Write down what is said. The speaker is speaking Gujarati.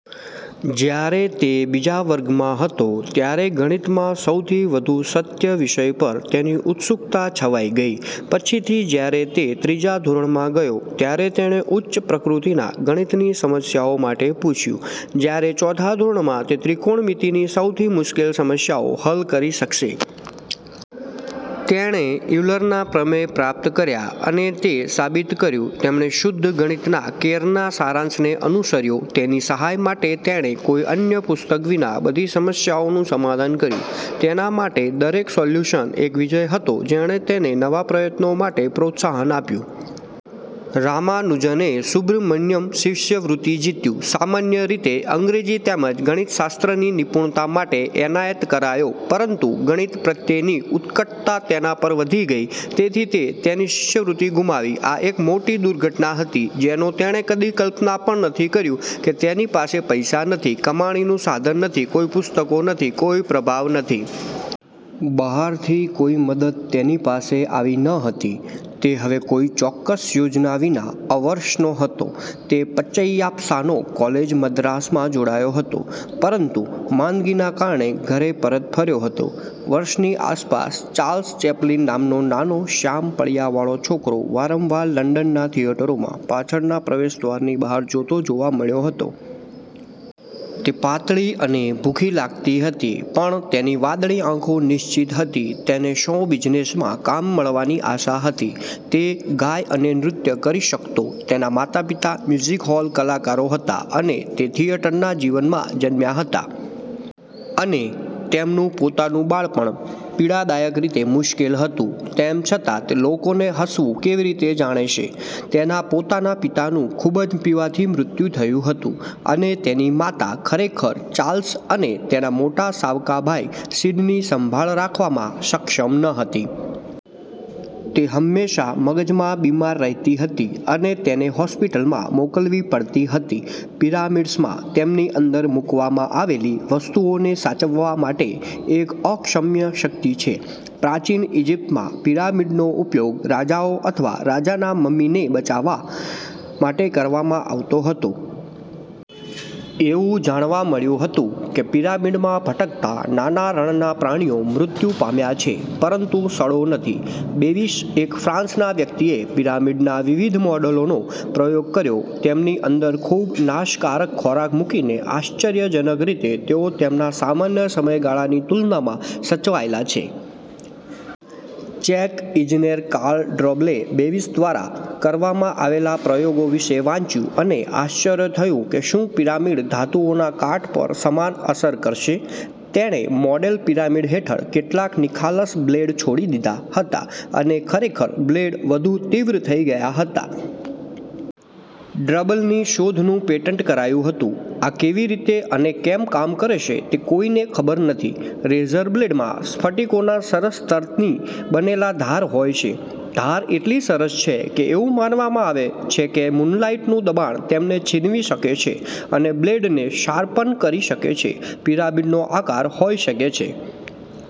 જ્યારે તે બીજા વર્ગમાં હતો ત્યારે 'ગણિતમાં સૌથી વધુ સત્ય' વિષય પર તેની ઉત્સુકતા છવાઈ ગઈ. પછીથી જ્યારે તે ત્રીજા ધોરણમાં ગયો, ત્યારે તેણે ઉચ્ચ પ્રકૃતિના ગણિતની સમસ્યાઓ માટે પૂછ્યું. જ્યારે ચોથા ધોરણમાં, તે ત્રિકોણમિતિની સૌથી મુશ્કેલ સમસ્યાઓ હલ કરી શકશે. તેણે ઇવલરના પ્રમેય પ્રાપ્ત કર્યા અને તે સાબિત કર્યું. તેમણે શુદ્ધ ગણિતના કેરના સારાંશને અનુસર્યો. તેની સહાય માટે તેણે કોઈ અન્ય પુસ્તક વિના બધી સમસ્યાઓનું સમાધાન કર્યું. તેના માટે દરેક સોલ્યુશન એક વિજય હતો જેણે તેને નવા પ્રયત્નો માટે પ્રોત્સાહન આપ્યું. રામાનુજને સુબ્રમણ્યમ શિષ્યવૃત્તિ જીત્યું, સામાન્ય રીતે અંગ્રેજી તેમજ ગણિતશાસ્ત્રની નિપુણતા માટે એનાયત કરાયો. પરંતુ ગણિત પ્રત્યેની ઉત્કટતા તેના પર વધી ગઈ, તેથી તે તેની શિષ્યવૃત્તિ ગુમાવી. આ એક મોટી દુર્ઘટના હતી, જેનો તેણે કદી કલ્પના પણ નથી કર્યુ કે તેની પાસે પૈસા નથી, કમાણીનું સાધન નથી, કોઈ પુસ્તકો નથી, કોઈ પ્રભાવ નથી. બહારથી કોઈ મદદ તેની પાસે આવી ન હતી. તે હવે કોઈ ચોક્કસ યોજના વિના અ વર્ષનો હતો. તે પચૈયાપ્સાનો કોલેજ મદ્રાસ માં જોડાયો હતો, પરંતુ માંદગીના કારણે ઘરે પરત ફર્યો હતો. વર્ષ ની આસપાસ, ચાર્લ્સ ચેપ્લિન નામનો નાનો, શ્યામ પળિયાવાળો છોકરો વારંવાર લંડનના થિયેટરોમાં પાછળના પ્રવેશદ્વારની બહાર જોતો જોવા મળ્યો હતો. તે પાતળી અને ભૂખી લાગતી હતી પણ તેની વાદળી આંખો નિશ્ચિત હતી. તેને શો બિઝનેસમાં કામ મળવાની આશા હતી. તે ગાય અને નૃત્ય કરી શકતો. તેના માતાપિતા મ્યુઝિક-હોલ કલાકારો હતા અને તે થિયેટરના જીવનમાં જન્મ્યા હતા. અને, તેમનું પોતાનું બાળપણ પીડાદાયક રીતે મુશ્કેલ હતું, તેમ છતાં તે લોકોને હસવું કેવી રીતે જાણે છે. તેના પોતાના પિતાનું ખૂબ જ પીવાથી મૃત્યુ થયું હતું. અને તેની માતા ખરેખર ચાર્લ્સ અને તેના મોટા સાવકા ભાઈ સીડની સંભાળ રાખવામાં સક્ષમ ન હતી. તે હંમેશાં મગજમાં બીમાર રહેતી હતી અને તેને હોસ્પિટલમાં મોકલવી પડતી હતી. પિરામિડ્સમાં તેમની અંદર મૂકવામાં આવેલી વસ્તુઓને સાચવવા માટે એક અક્ષમ્ય શક્તિ છે. પ્રાચીન ઇજિપ્તમાં પિરામિડનો ઉપયોગ રાજાઓ અથવા રાજાના મમીને બચાવવા માટે કરવામાં આવતો હતો. એવું જાણવા મળ્યું હતું કે પિરામિડમાં ભટકતા નાના રણના પ્રાણીઓ મૃત્યુ પામ્યા છે, પરંતુ સડો નથી. બેવિસ, એક ફ્રાન્સના વ્યક્તિએ પિરામિડના વિવિધ મોડેલોનો પ્રયોગ કર્યો તેમની અંદર ખૂબ નાશકારક ખોરાક મૂકીને. આશ્ચર્યજનક રીતે તેઓ તેમના સામાન્ય સમયગાળાની તુલનામાં સચવાયેલા છે. ચેક ઇજનેર કાર્લ ડ્રોબલે બેવિસ દ્વારા કરવામાં આવેલા પ્રયોગો વિશે વાંચ્યું અને આશ્ચર્ય થયું કે શું પિરામિડ ધાતુઓના કાટ પર સમાન અસર કરશે? તેણે મોડેલ પિરામિડ હેઠળ કેટલાક નિખાલસ બ્લેડ છોડી દીધા હતા અને ખરેખર બ્લેડ વધુ તીવ્ર થઈ ગયા હતા. ડ્રબલની શોધનું પેટન્ટ કરાયું હતું. આ કેવી રીતે અને કેમ કામ કરે છે તે કોઈને ખબર નથી. રેઝર બ્લેડમાં સ્ફટિકોના સરસ સ્તરથી બનેલા ધાર હોય છે. ધાર એટલી સરસ છે કે એવું માનવામાં આવે છે કે મૂનલાઇટનું દબાણ તેમને છીનવી શકે છે અને બ્લેડને શારપન કરી શકે છે. પિરામિડનો આકાર હોઈ શકે છે